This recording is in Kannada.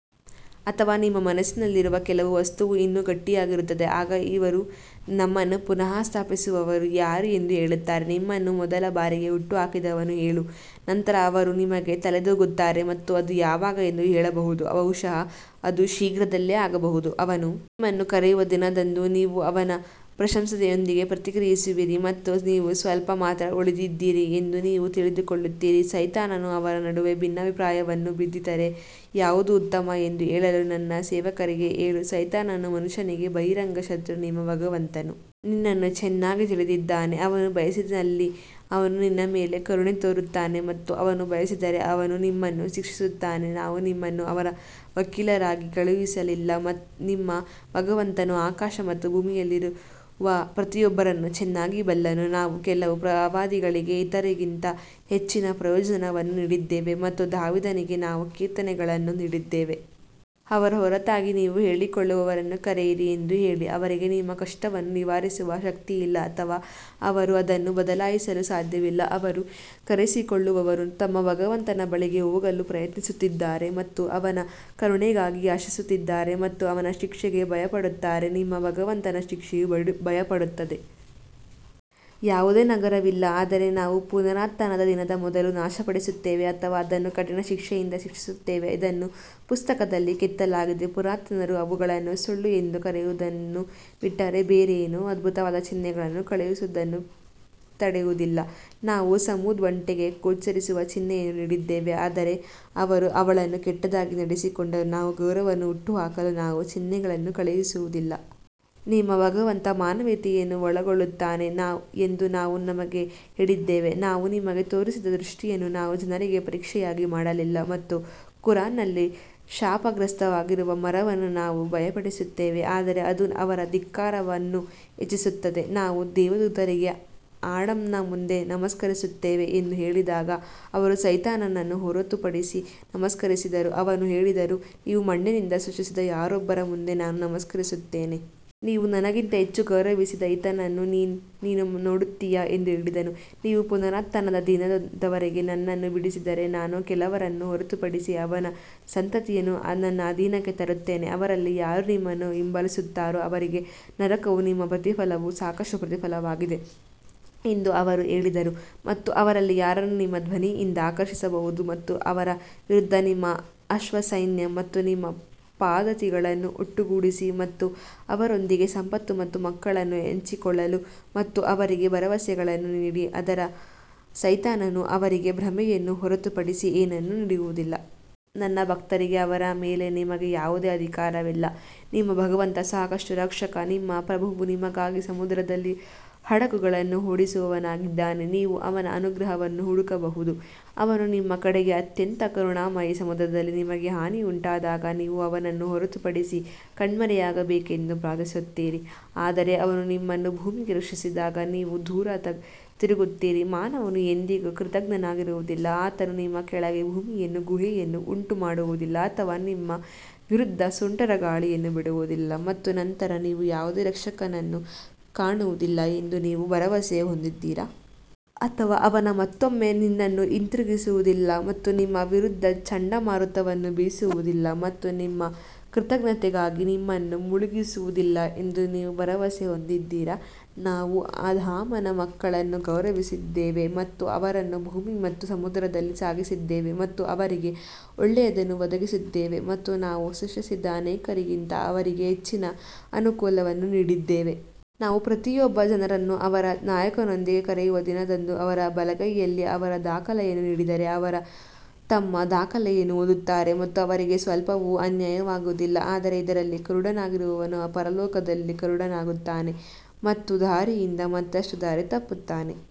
ಅಥವಾ ನಿಮ್ಮ ಮನಸ್ಸಿನಲ್ಲಿರುವ ಕೆಲವು ವಸ್ತುವು ಇನ್ನೂ ಗಟ್ಟಿಯಾಗಿರುತ್ತದೆ, ಆಗ ಅವರು ನಮ್ಮನ್ನು ಪುನಃಸ್ಥಾಪಿಸುವವರು ಯಾರು ಎಂದು ಹೇಳುತ್ತಾರೆ, ನಿಮ್ಮನ್ನು ಮೊದಲ ಬಾರಿಗೆ ಹುಟ್ಟುಹಾಕಿದವನು ಹೇಳು ನಂತರ ಅವರು ನಿಮಗೆ ತಲೆದೂಗುತ್ತಾರೆ ಮತ್ತು ಅದು ಯಾವಾಗ ಎಂದು ಹೇಳಬಹುದು ಬಹುಶಃ ಅದು ಶೀಘ್ರದಲ್ಲೇ ಆಗಬಹುದು. ಅವನು ನಿಮ್ಮನ್ನು ಕರೆಯುವ ದಿನದಂದು ನೀವು ಅವನ ಪ್ರಶಂಸೆಯೊಂದಿಗೆ ಪ್ರತಿಕ್ರಿಯಿಸುವಿರಿ ಮತ್ತು ನೀವು ಸ್ವಲ್ಪ ಮಾತ್ರ ಉಳಿದಿದ್ದೀರಿ ಎಂದು ನೀವು ತಿಳಿದುಕೊಳ್ಳುತ್ತೀರಿ ಸೈತಾನನು ಅವರ ನಡುವೆ ಭಿನ್ನಾಭಿಪ್ರಾಯವನ್ನು ಬಿತ್ತಿದರೆ ಯಾವುದು ಉತ್ತಮ ಎಂದು ಹೇಳಲು ನನ್ನ ಸೇವಕರಿಗೆ ಹೇಳು ಸೈತಾನನು ಮನುಷ್ಯನಿಗೆ ಬಹಿರಂಗ ಶತ್ರು ನಿಮ್ಮ ಭಗವಂತನು ನಿನ್ನನ್ನು ಚೆನ್ನಾಗಿ ತಿಳಿದಿದ್ದಾನೆ ಅವನು ಬಯಸಿದಲ್ಲಿ ಅವನು ನಿನ್ನ ಮೇಲೆ ಕರುಣೆ ತೋರುತ್ತಾನೆ ಮತ್ತು ಅವನು ಬಯಸಿದರೆ ಅವನು ನಿಮ್ಮನ್ನು ಶಿಕ್ಷಿಸುತ್ತಾನೆ ನಾವು ನಿಮ್ಮನ್ನು ಅವರ ವಕೀಲರಾಗಿ ಕಳುಹಿಸಲಿಲ್ಲ ನಿಮ್ಮ ಭಗವಂತನು ಆಕಾಶ ಮತ್ತು ಭೂಮಿಯಲ್ಲಿರುವ ಪ್ರತಿಯೊಬ್ಬರನ್ನು ಚೆನ್ನಾಗಿ ಬಲ್ಲನು, ನಾವು ಕೆಲವು ಪ್ರವಾದಿಗಳಿಗೆ ಇತರರಿಗಿಂತ ಹೆಚ್ಚಿನ ಪ್ರಯೋಜನವನ್ನು ನೀಡಿದ್ದೇವೆ ಮತ್ತು ದಾವೀದನಿಗೆ ನಾವು ಕೀರ್ತನೆಗಳನ್ನು ನೀಡಿದ್ದೇವೆ. ಅವನ ಹೊರತಾಗಿ ನೀವು ಹೇಳಿಕೊಳ್ಳುವವರನ್ನು ಕರೆಯಿರಿ ಎಂದು ಹೇಳಿ, ಅವರಿಗೆ ನಿಮ್ಮ ಕಷ್ಟವನ್ನು ನಿವಾರಿಸುವ ಶಕ್ತಿಯಿಲ್ಲ ಅಥವಾ ಅವರು ಅದನ್ನು ಬದಲಾಯಿಸಲು ಸಾಧ್ಯವಿಲ್ಲ ಅವರು ಕರೆಸಿಕೊಳ್ಳುವವರು ತಮ್ಮ ಭಗವಂತನ ಬಳಿಗೆ ಹೋಗಲು ಪ್ರಯತ್ನಿಸುತ್ತಿದ್ದಾರೆ ಮತ್ತು ಅವನ ಕರುಣೆಗಾಗಿ ಆಶಿಸುತ್ತಿದ್ದಾರೆ ಮತ್ತು ಅವನ ಶಿಕ್ಷೆಗೆ ಭಯಪಡುತ್ತಾರೆ ನಿಮ್ಮ ಭಗವಂತನ ಶಿಕ್ಷೆಯು ಭಯಪಡುತ್ತದೆ. ಯಾವುದೇ ನಗರವಿಲ್ಲ ಆದರೆ ನಾವು ಪುನರುತ್ಥಾನದ ದಿನದ ಮೊದಲು ನಾಶಪಡಿಸುತ್ತೇವೆ ಅಥವಾ ಅದನ್ನು ಕಠಿಣ ಶಿಕ್ಷೆಯಿಂದ ಶಿಕ್ಷಿಸುತ್ತೇವೆ ಇದನ್ನು ಪುಸ್ತಕದಲ್ಲಿ ಕೆತ್ತಲಾಗಿದೆ ಪುರಾತನರು ಅವುಗಳನ್ನು ಸುಳ್ಳು ಎಂದು ಕರೆಯುವುದನ್ನು ಬಿಟ್ಟರೆ ಬೇರೇನೂ ಅದ್ಭುತವಾದ ಚಿಹ್ನೆಗಳನ್ನು ಕಳುಹಿಸುವುದನ್ನು ತಡೆಯುವುದಿಲ್ಲ, ನಾವು ಸಮೂದ್ ಒಂಟೆಗೆ ಗೋಚರಿಸುವ ಚಿಹ್ನೆಯನ್ನು ನೀಡಿದ್ದೇವೆ ಆದರೆ ಅವರು ಅವಳನ್ನು ಕೆಟ್ಟದಾಗಿ ನಡೆಸಿಕೊಂಡರು ನಾವು ಗೌರವವನ್ನು ಹುಟ್ಟುಹಾಕಲು ನಾವು ಚಿಹ್ನೆಗಳನ್ನು ಕಳುಹಿಸುವುದಿಲ್ಲ. ನಿಮ್ಮ ಭಗವಂತ ಮಾನವೀಯತೆಯನ್ನು ಒಳಗೊಳ್ಳುತ್ತಾನೆ ಎಂದು ನಾವು ನಿಮಗೆ ಹೇಳಿದ್ದೇವೆ, ನಾವು ನಿಮಗೆ ತೋರಿಸಿದ ದೃಷ್ಟಿಯನ್ನು ನಾವು ಜನರಿಗೆ ಪರೀಕ್ಷೆಯಾಗಿ ಮಾಡಲಿಲ್ಲ ಮತ್ತು ಕುರಾನ್ನಲ್ಲಿ ಶಾಪಗ್ರಸ್ತವಾಗಿರುವ ಮರವನ್ನು ನಾವು ಭಯಪಡಿಸುತ್ತೇವೆ ಆದರೆ ಅದು ಅವರ ಧಿಕ್ಕಾರವನ್ನು ಹೆಚ್ಚಿಸುತ್ತದೆ. ನಾವು ದೇವದೂತರಿಗೆ ಆಡಮ್ನ ಮುಂದೆ ನಮಸ್ಕರಿಸುತ್ತೇವೆ ಎಂದು ಹೇಳಿದಾಗ ಅವರು ಸೈತಾನನನ್ನು ಹೊರತುಪಡಿಸಿ ನಮಸ್ಕರಿಸಿದರು ಅವನು ಹೇಳಿದನು ನೀವು ಮಣ್ಣಿನಿಂದ ಸೃಷ್ಟಿಸಿದ ಯಾರೊಬ್ಬರ ಮುಂದೆ ನಾನು ನಮಸ್ಕರಿಸುತ್ತೇನೆ. ನೀವು ನನಗಿಂತ ಹೆಚ್ಚು ಗೌರವಿಸಿದ ಈತನನ್ನು ನೀನು ನೋಡುತ್ತೀಯಾ ಎಂದು ಹೇಳಿದನು, ನೀವು ಪುನರುತ್ಥಾನದ ದಿನದವರೆಗೆ ನನ್ನನ್ನು ಬಿಡಿಸಿದರೆ ನಾನು ಕೆಲವರನ್ನು ಹೊರತುಪಡಿಸಿ ಅವನ ಸಂತತಿಯನ್ನು ನನ್ನ ಅಧೀನಕ್ಕೆ ತರುತ್ತೇನೆ. ಅವರಲ್ಲಿ ಯಾರೇ ನಿಮ್ಮನ್ನು ಹಿಂಬಾಲಿಸುತ್ತಾರೋ ಅವರಿಗೆ ನರಕವು ನಿಮ್ಮ ಪ್ರತಿಫಲವು ಸಾಕಷ್ಟು ಪ್ರತಿಫಲವಾಗಿದೆ ಎಂದು ಅವರು ಹೇಳಿದರು ಮತ್ತು ಅವರಲ್ಲಿ ಯಾರನ್ನು ನಿಮ್ಮ ಧ್ವನಿಯಿಂದ ಆಕರ್ಷಿಸಬಹುದು ಮತ್ತು ಅವರ ವಿರುದ್ಧ ನಿಮ್ಮ ಅಶ್ವಸೈನ್ಯ ಮತ್ತು ನಿಮ್ಮ ಪದಾತಿಗಳನ್ನು ಒಟ್ಟುಗೂಡಿಸಿ ಮತ್ತು ಅವರೊಂದಿಗೆ ಸಂಪತ್ತು ಮತ್ತು ಮಕ್ಕಳನ್ನು ಹಂಚಿಕೊಳ್ಳಲು ಮತ್ತು ಅವರಿಗೆ ಭರವಸೆಗಳನ್ನು ನೀಡಿ ಆದರೆ ಸೈತಾನನು ಅವರಿಗೆ ಭ್ರಮೆಯನ್ನು ಹೊರತುಪಡಿಸಿ ಏನನ್ನೂ ನೀಡುವುದಿಲ್ಲ. ನನ್ನ ಭಕ್ತರಿಗೆ ಅವರ ಮೇಲೆ ನಿಮಗೆ ಯಾವುದೇ ಅಧಿಕಾರವಿಲ್ಲ, ನಿಮ್ಮ ಭಗವಂತ ಸಾಕಷ್ಟು ರಕ್ಷಕ ನಿಮ್ಮ ಪ್ರಭುವು ನಿಮಗಾಗಿ ಸಮುದ್ರದಲ್ಲಿ ಹಡಗುಗಳನ್ನು ಓಡಿಸುವವನಾಗಿದ್ದಾನೆ, ನೀವು ಅವನ ಅನುಗ್ರಹವನ್ನು ಹುಡುಕಬಹುದು ಅವನು ನಿಮ್ಮ ಕಡೆಗೆ ಅತ್ಯಂತ ಕರುಣಾಮಯಿ ಸಮುದ್ರದಲ್ಲಿ ನಿಮಗೆ ಹಾನಿಯುಂಟಾದಾಗ ನೀವು ಅವನನ್ನು ಹೊರತುಪಡಿಸಿ ಕಣ್ಮರೆಯಾಗಬೇಕೆಂದು ಪ್ರಾರ್ಥಿಸುತ್ತೀರಿ ಆದರೆ ಅವನು ನಿಮ್ಮನ್ನು ಭೂಮಿಗೆ ರಕ್ಷಿಸಿದಾಗ ನೀವು ದೂರ ತಿರುಗುತ್ತೀರಿ ಮಾನವನು ಎಂದಿಗೂ ಕೃತಜ್ಞನಾಗಿರುವುದಿಲ್ಲ ಆತನು ನಿಮ್ಮ ಕೆಳಗೆ ಭೂಮಿಯನ್ನು ಗುಹೆಯನ್ನು ಉಂಟುಮಾಡುವುದಿಲ್ಲ ಅಥವಾ ನಿಮ್ಮ ವಿರುದ್ಧ ಸುಂಟರಗಾಳಿಯನ್ನು ಬಿಡುವುದಿಲ್ಲ ಮತ್ತು ನಂತರ ನೀವು ಯಾವುದೇ ರಕ್ಷಕನನ್ನು ಕಾಣುವುದಿಲ್ಲ ಎಂದು ನೀವು ಭರವಸೆ ಹೊಂದಿದ್ದೀರಾ? ಅಥವಾ ಅವನು ಮತ್ತೊಮ್ಮೆ ನಿನ್ನನ್ನು ಹಿಂತಿರುಗಿಸುವುದಿಲ್ಲ ಮತ್ತು ನಿಮ್ಮ ವಿರುದ್ಧ ಚಂಡಮಾರುತವನ್ನು ಬೀಸುವುದಿಲ್ಲ ಮತ್ತು ನಿಮ್ಮ ಕೃತಘ್ನತೆಗಾಗಿ ನಿಮ್ಮನ್ನು ಮುಳುಗಿಸುವುದಿಲ್ಲ ಎಂದು ನೀವು ಭರವಸೆ ಹೊಂದಿದ್ದೀರಾ? ನಾವು ಆದಾಮನ ಮಕ್ಕಳನ್ನು ಗೌರವಿಸಿದ್ದೇವೆ ಮತ್ತು ಅವರನ್ನು ಭೂಮಿ ಮತ್ತು ಸಮುದ್ರದಲ್ಲಿ ಸಾಗಿಸಿದ್ದೇವೆ ಮತ್ತು ಅವರಿಗೆ ಒಳ್ಳೆಯದನ್ನು ಒದಗಿಸಿದ್ದೇವೆ ಮತ್ತು ನಾವು ಸೃಷ್ಟಿಸಿದ ಅನೇಕರಿಗಿಂತ ಅವರಿಗೆ ಹೆಚ್ಚಿನ ಅನುಕೂಲವನ್ನು ನೀಡಿದ್ದೇವೆ. ನಾವು ಪ್ರತಿಯೊಬ್ಬ ಜನರನ್ನು ಅವರ ನಾಯಕನೊಂದಿಗೆ ಕರೆಯುವ ದಿನದಂದು ಅವರ ಬಲಗೈಯಲ್ಲಿ ಅವರ ದಾಖಲೆಯನ್ನು ನೀಡಿದರೆ ಅವರು ತಮ್ಮ ದಾಖಲೆಯನ್ನು ಓದುತ್ತಾರೆ ಮತ್ತು ಅವರಿಗೆ ಸ್ವಲ್ಪವೂ ಅನ್ಯಾಯವಾಗುವುದಿಲ್ಲ. ಆದರೆ ಇದರಲ್ಲಿ ಕುರುಡನಾಗಿರುವವನು ಪರಲೋಕದಲ್ಲಿ ಕುರುಡನಾಗುತ್ತಾನೆ ಮತ್ತು ದಾರಿಯಿಂದ ಮತ್ತಷ್ಟು ದಾರಿ ತಪ್ಪುತ್ತಾನೆ.